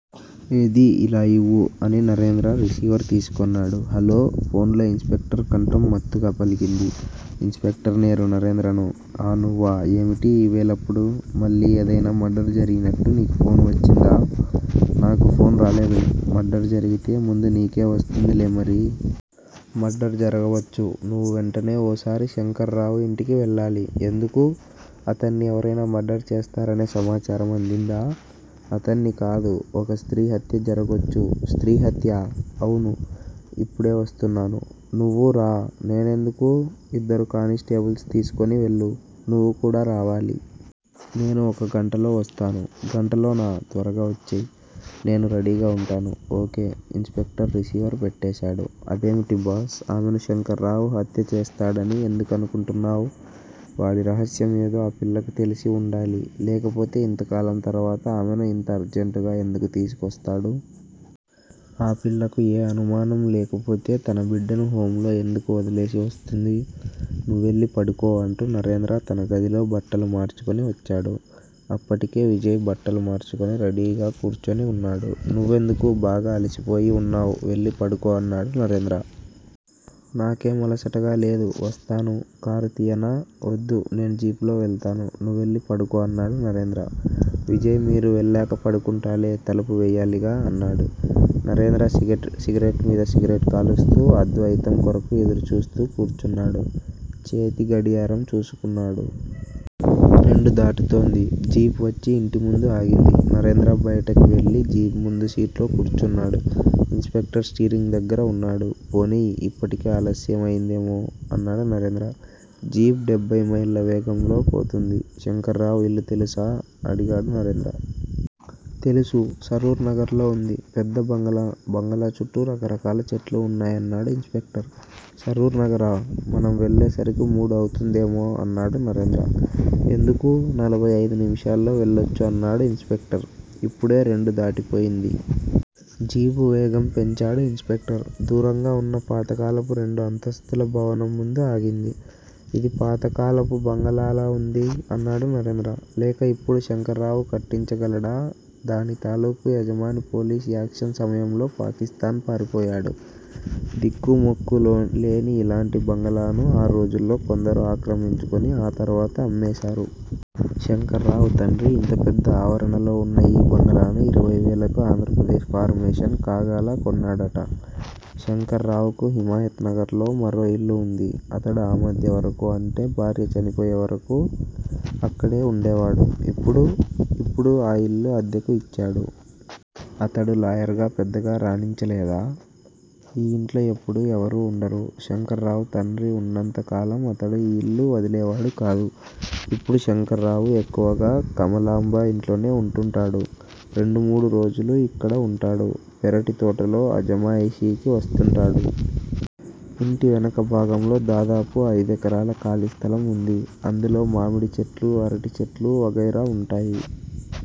ఏదీ ఇలా ఇవ్వు అని నరేంద్ర రిసీవర్ తీసుకున్నాడు. హల్లో! ఫోన్ లో ఇన్స్‌పెక్టర్ కంఠం మత్తుగా పలికింది. ఇన్స్‌పెక్టర్ నేను నరేంద్రను. ఆ! నువ్వా? ఏమిటి ఈ వేళప్పుడు! మళ్ళీ ఏదైనా మర్డర్ జరిగినట్టు నీకు ఫోన్ వచ్చిందా? నాకు ఫోన్ రాలేదు. మర్డర్ జరిగితే ముందు నీకే వస్తుందిలే మరి! మర్డర్ జరగవచ్చు. నువ్వు వెంటనే ఓసారి శంకర్రావు ఇంటికి వెళ్లాలి. ఎందుకూ? అతడ్ని ఎవరైనా మర్డర్ చేస్తారనే సమాచారం అందిందా? అతడ్ని కాదు ఒక స్త్రీ హత్య జరగొచ్చు. స్త్రీ హత్యా? అవును. ఇప్పుడే వస్తున్నాను. నువ్వూరా! నేనెందుకూ? ఇద్దరు కానిస్టేబుల్స్ తీసుకొని వెళ్ళు! నువ్వు కూడా రావాలి. నేను ఒక గంటలో వస్తాను. గంటలోనా? త్వరగా వచ్చెయ్. నేను రెడీగా ఉంటాను. ఓకే. ఇన్స్‌పెక్టర్ రిసీవర్ పెట్టేశాడు. అదేమిటి బాస్? ఆమెను శంకర్రావు హత్యచేస్తాడని ఎందుకనుకుంటున్నావ్? వాడి రహస్యం ఏదో ఆ పిల్లకు తెలిసి ఉండాలి. లేకపోతే ఇంతకాలం తర్వాత ఆమెను ఇంత అర్జెంటుగా ఎందుకూ తీసుకొస్తాడు? ఆ పిల్లకు ఏ అనుమానం లేకపోతే తన బిడ్డను హోమ్ లో ఎందుకు వదిలేసి వస్తుంది? నువ్వెళ్ళి పడుకో అంటూ నరేంద్ర తనగదిలో బట్టలు మార్చుకొని వచ్చాడు. అప్పటికే విజయ్ బట్టలు మార్చుకొని రెడీగా కూర్చుని ఉన్నాడు. నువ్వెందుకు? బాగా అలిసిపోయి ఉన్నావ్. వెళ్ళి పడుకో అన్నాడు నరేంద్ర. నాకేం అలసటగా లేదు. వస్తాను. కారు తియ్యనా? వద్దు. నేను జీపులో వెళ్తాను. నువ్వెళ్ళి పడుకో అన్నాడు నరేంద్ర. విజయ్ మీరు వెళ్ళాక పడుకుంటాలే. తలుపు వెయ్యాలిగా అన్నాడు. నరేంద్ర సిగరెట్ మీద సిగరెట్ కాలుస్తూ అద్వయితం కొరకు ఎదురు చూస్తూ కూర్చున్నాడు. చేతి గడియారం చూసుకున్నాడు. రెండు దాటుతోంది. జీప్ వచ్చి ఇంటి ముందు ఆగింది. నరేంద్ర బయటకి వెళ్ళి జీప్ ముందు సీట్లో కూర్చున్నాడు. ఇన్స్‌పెక్టర్ స్టీరింగ్ దగ్గర ఉన్నాడు. పోనియ్! ఇప్పటికే ఆలస్యం అయిందేమో! అన్నాడు నరేంద్ర. జీప్ డెబ్బై మైళ్ళ వేగంతో పోతుంది. శంకర్రావు ఇల్లు తెలుసా? అడిగాడు నరేంద్ర. తెలుసు. సరూర్ నగర్ లో ఉంది. పెద్ద బంగళా. బంగళా చుట్టూ రకరకాల చెట్లు ఉన్నాయ్ అన్నాడు ఇన్స్‌పెక్టర్. సరూర్ నగరా? మనం వెళ్ళే సరికి మూడు అవుతుందేమో? అన్నాడు నరేంద్ర. ఎందుకూ? నలభై ఐదు నిముషాల్లో వెళ్ళొచ్చు అన్నాడు ఇన్స్‌పెక్టర్. ఇప్పుడే రెండు దాటిపోయింది. జీపు వేగం పెంచాడు ఇన్స్‌పెక్టర్. దూరంగా ఉన్న పాతకాలపు రెండు అంతస్తుల భవనం ముందు ఆగింది. ఇది పాతకాలపు బంగళాలా ఉంది? అన్నాడు నరేంద్ర. లేక ఇప్పుడు శంకర్రావు కట్టించగలడా? దాని తాలూకు యజమాని పోలీస్ యాక్షన్ సమయంలో పాకిస్తాన్ పారిపోయాడు. దిక్కు మొక్కూ లేని ఇలాంటి బంగళాలను ఆ రోజుల్లో కొందరు ఆక్రమించుకొని ఆ తర్వాత అమ్మేశారు. శంకర్రావు తండ్రి ఇంత పెద్ద ఆవరణలో ఉన్న ఈ బంగళాను ఇరవై వేలకు ఆంధ్రప్రదేశ్ ఫార్మేషన్ కాగాల కొన్నాడట. శంకర్రావుకు హిమాయత్ నగర్ లో మరో ఇల్లు ఉంది. అతడు ఆ మధ్యవరకు అంటే భార్య చనిపోయే రోజువరకు అక్కడే ఉండేవాడు. ఇప్పుడు? ఇప్పుడు ఆ ఇల్లు అద్దెకు ఇచ్చాడు. అతడు లాయర్ గా పెద్దగా రాణించలేదా? ఈ ఇంట్లో ఎప్పుడూ ఎవరూ ఉండరు. శంకర్రావు తండ్రి ఉన్నంత కాలం అతడు ఈ ఇళ్ళు వదిలేవాడు కాదు. ఇప్పుడు శంకర్రావు ఎక్కువగా కమలాంబ ఇంట్లోనే ఉంటుంటాడు. రెండు మూడు రోజులు ఇక్కడ ఉంటాడు. పెరటి తోటలు అజమాయిషీకి వస్తుంటాడు. ఇంటి వెనక భాగంలో దాదాపు ఐదెకరాల ఖాళీ స్థలం ఉంది. అందులో మామిడి చెట్లూ అరటి చెట్లూ వగైరా ఉంటాయి.